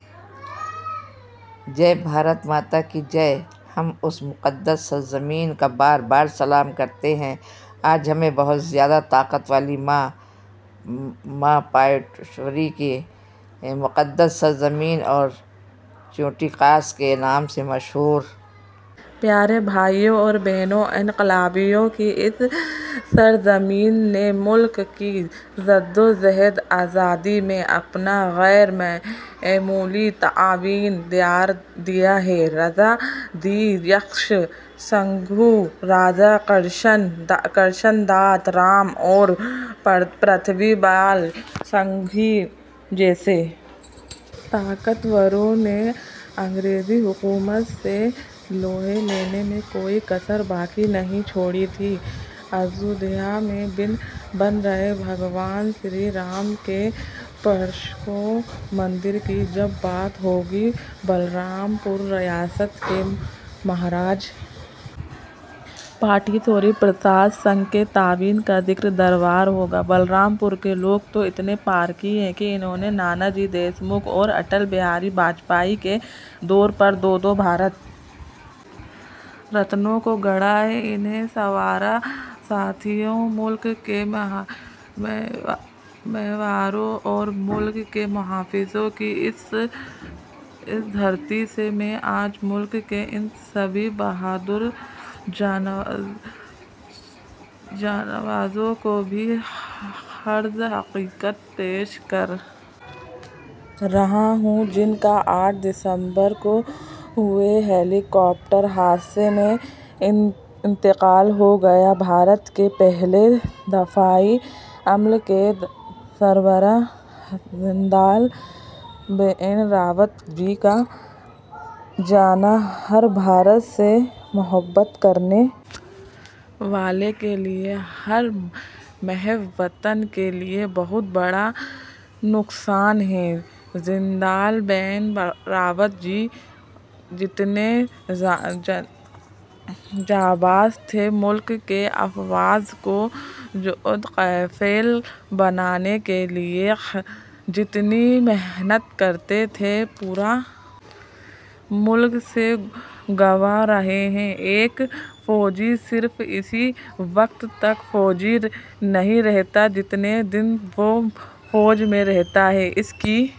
جئے بھارت ماتا کی جئے ہم اس مقدس سرزمین کا بار بار سلام کرتے ہیں آج ہمیں بہت زیادہ طاقت والی ماں پاٹیشوری کی مقدس سرزمین اور چھوٹی کاشی کے نام سے مشہور پیارے بھائیوں اور بہنو انقلابیوں کی اس سرزمین نے ملک کی جدوجہد آزادی میں اپنا غیر معمولی تعاون دیا ہے راجا دیوی بخش سنگھ راجا کرشن دت رام اور پرتھوی بال سنگھ جیسے طاقتوروں نے انگریزی حکومت سے لوہا لینے میں کوئی کسر باقی نہیں چھوڑی تھی اجودھیا میں بن رہے بھگوان شری رام کے پرشکوہ مندر کی جب بات ہوگی بلرام پور ریاست کے مہاراجا پاٹیشوری پرساد سنگھ کے تعاون کا ذکر ضرور ہوگا بلرام پور کے لوگ تو اتنے پارکھی ہیں کہ انہوں نے نانا جی دیشمکھ اور اٹل بہاری واجپئی کے طور پر دو دو بھارت رتنوں کو گڑھا ہے انہیں سنوارا ہے ساتھیو ملک کے معماروں اور ملک کے محافظوں کی اس دھرتی سے میں آج ملک کے ان سبھی بہادر جانبازوں کو بھی خراج عقیدت پیش کر رہا ہوں جن کا آٹھ دسمبر کو ہوئے ہیلی کاپٹر حادثے میں انتقال ہو گیا بھارت کے پہلے دفاعی عملے کے سربراہ جنرل بپن راوت جی کا جانا ہر بھارت سے محبت کرنے والے کے لیے ہر محب وطن کے لیے بہت بڑا نقصان ہے جنرل بپن راوت جی جتنے جانباز تھے ملک کی افواج کو خود کفیل بنانے کے لیے جتنی محنت کرتے تھے پورا ملک اس کا گواہ رہا ہے ایک فوجی صرف اسی وقت تک فوجی نہیں رہتا جتنے دن وہ فوج میں رہتا ہے اس کی